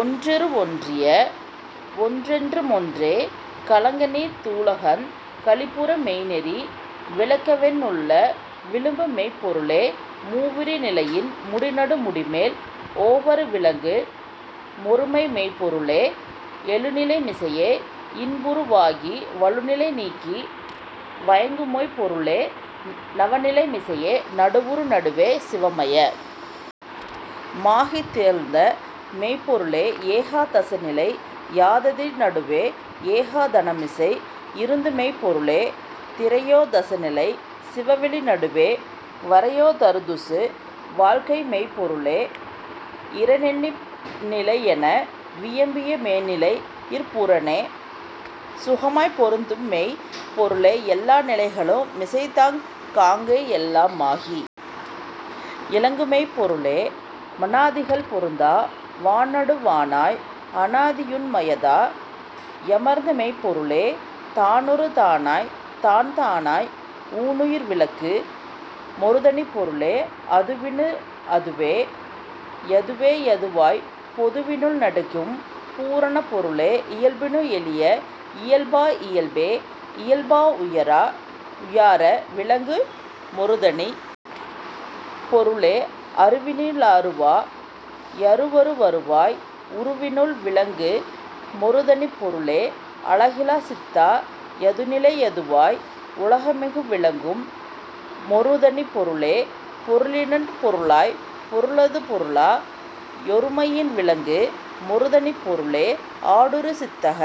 ஒன்றுற வொன்றிய வொன்றெனு மொன்றே களங்கநீத் துலகங் களிப்புற மெய்நெறி விளங்கவென் னுள்ளே விளங்குமெய்ப் பொருளே மூவிரு நிலையின் முடிநடு முடிமேல் ஓவற விளங்கு மொருமைமெய்ப் பொருளே எழுநிலை மிசையே யின்புரு வாகி வழுநிலை நீக்கி வயங்குமெய்ப் பொருளே நவநிலை மிசையே நடுவுறு நடுவே சிவமய மாகித் திகழ்ந்தமெய்ப் பொருளே ஏகா தசநிலை யாததி னடுவே ஏகா தனமிசை யிருந்தமெய்ப் பொருளே திரையோ தசநிலை சிவவெளி நடுவே வரையோ தருசுக வாழ்க்கைமெய்ப் பொருளே இரெண் ணிலையென வியம்புமே னிலையிற் பூரண சுகமாய்ப் பொருந்துமெய்ப் பொருளே எல்லா நிலைகளு மிசைந்தாங் காங்கே எல்லா மாகி யிலங்குமெய்ப் பொருளே மனாதிகள் பொருந்தா வானடு வானாய் அனாதியுண் மையதா யமர்ந்தமெய்ப் பொருளே தானொரு தானாய்த் தானே தானாய் ஊனுயிர் விளக்கு மொருதனிப் பொருளே அதுவினு ளதுவா யதுவே யதுவாய்ப் பொதுவினுள் நடிக்கும் பூரணப் பொருளே இயல்பினு ளியல்பா யியல்பே யியல்பா உயாற விளங்கு மொருதனிப் பொருளே அருவினு ளருவா யருவரு வருவாய் உருவினுள் விள்ங்கு மொருதனிப் பொருளே அலகிலாச் சித்தா யதுநிலை யதுவாய் உலகெலாம் விளங்கு மொருதனிப் பொருளே பொருளினுட் பொருளாய்ப் பொருளது பொருளா யொருமையின் விளங்கு மொருதனிப் பொருளே ஆடுறு சித்திக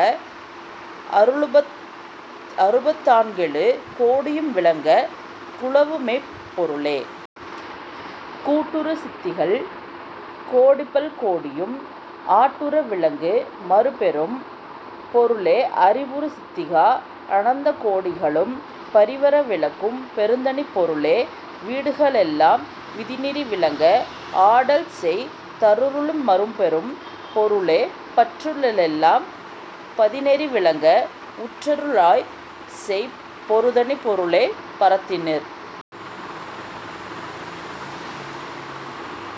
ளறுபத் துநான்கெழு கோடியும் விளங்கக் குலவுமெய்ப் பொருளே கூட்டுறு சித்திகள் கோடிபல் கோடியும் ஆட்டுற விளங்கு மரும்பெரும் பொருளே அறிவுறு சித்திக ளனந்தகோ டிகளும் பிறிவற விளக்கும் பெருந்தனிப் பொருளே வீடுக ளெல்லாம் விதிநெறி விளங்க ஆடல்செய் தருளு மரும்பெரும் பொருளே பற்றுக ளெல்லாம் பதிநெறி விளங்க உற்றரு ளாடல்செய் யொருதனிப் பொருளே பரத்தினிற்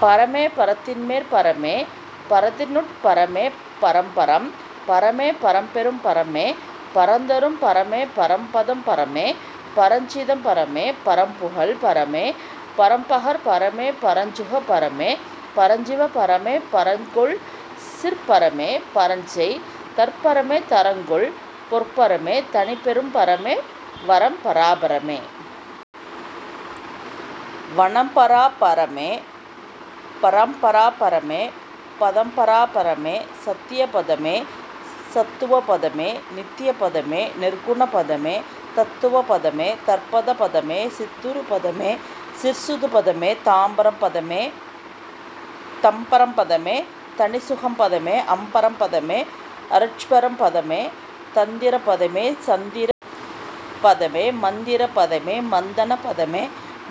பரமே பரத்தின்மேற் பரமே பரத்தினுட் பரமே பரம்பரம் பரமே பரம்பெறும் பரமே பரந்தரும் பரமே பரம்பதம் பரமே பரஞ் சிதம்பரமே பரம்புகழ் பரமே பரம்பகர் பரமே பரஞ்சுக பரமே பரஞ்சிவ பரமே பரங்கொள் சிற்பரமே பரஞ்செய் தற்பரமே தரங்கொள் பொற்பரமே தனிப்பெரும் பரமே வரம்பரா பரமே வணம்பரா பரமே பரம்பரா பரமே பதம்பரா பரமே சத்திய பதமே சத்துவ பதமே நித்திய பதமே நிற்குண பதமே தத்துவ பதமே தற்பத பதமே சித்துறு பதமே சிற்சுக பதமே தம்பரம் பதமே தனிச்சுகம் பதமே அம்பரம் பதமே யருட்பரம் பதமே தந்திர பதமே சந்திர பதமே மந்திர பதமே மந்தண பதமே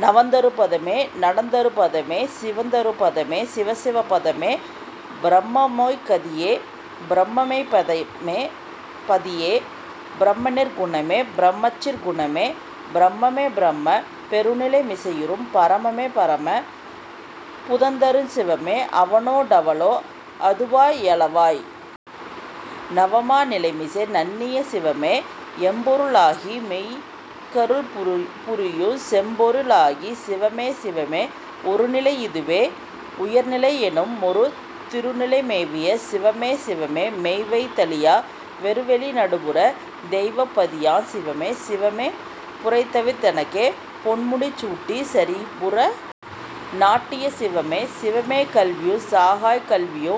நவந்தரு பதமே நடந்தரு பதமே சிவந்தரு பதமே சிவசிவ பதமே பிரமமெய்க் கதியே பிரமமெய்ப் பதியே பிரமநிற் குணமே பிரமசிற் குணமே பிரமமே பிரமப் பெருநிலை மிசையுறும் பரமமே பரம பதந்தருஞ் சிவமே அவனோ டவளா யதுவா யலவாய் நவமா நிலைமிசை நண்ணிய சிவமே எம்பொரு ளாகி யெமக்கருள் புரியுஞ் செம்பொரு ளாகிய சிவமே சிவமே ஒருநிலை யிதுவே வுயர்நிலை யெனுமொரு திருநிலை மேவிய சிவமே சிவமே மெய்வைத் தழியா வெறுவெளி நடுவுற தெய்வப் பதியாஞ் சிவமே சிவமே புரைதவிர்த் தெனக்கே பொன்முடி சூட்டிச் சிரமுற நாட்டிய சிவமே சிவமே கல்வியுஞ் சாகாக் கல்வியு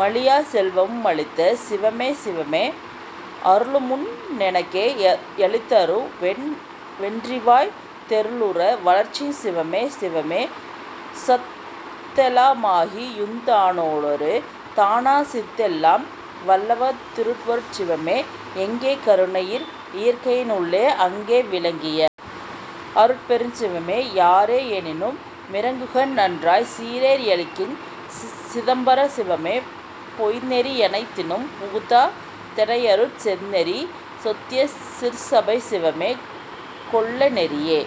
மழியாச் செல்வமு மளித்த சிவமே சிவமே அருளமு தெனக்கே யளித்தரு ணெறிவாய்த் தெருளுற வளர்க்குஞ் சிவமே சிவமே சத்தெலா மாகியுந் தானொரு தானாஞ் சித்தெலாம் வல்லதோர் திருவருட் சிவமே எங்கே கருணை யியற்கையி னுள்ளன அங்கே விளங்கிய வருட்பெருஞ் சிவமே யாரே யென்னினு மிரங்குகின் றார்க்குச் சீரே யளிக்கிஞ் சிதம்பர சிவமே பொய்ந்நெறி யனைத்தினும் புகுத்தா தெனையருட் செந்நெறி சொத்திய சிற்சபைச் சிவமே கொல்ல நெறியே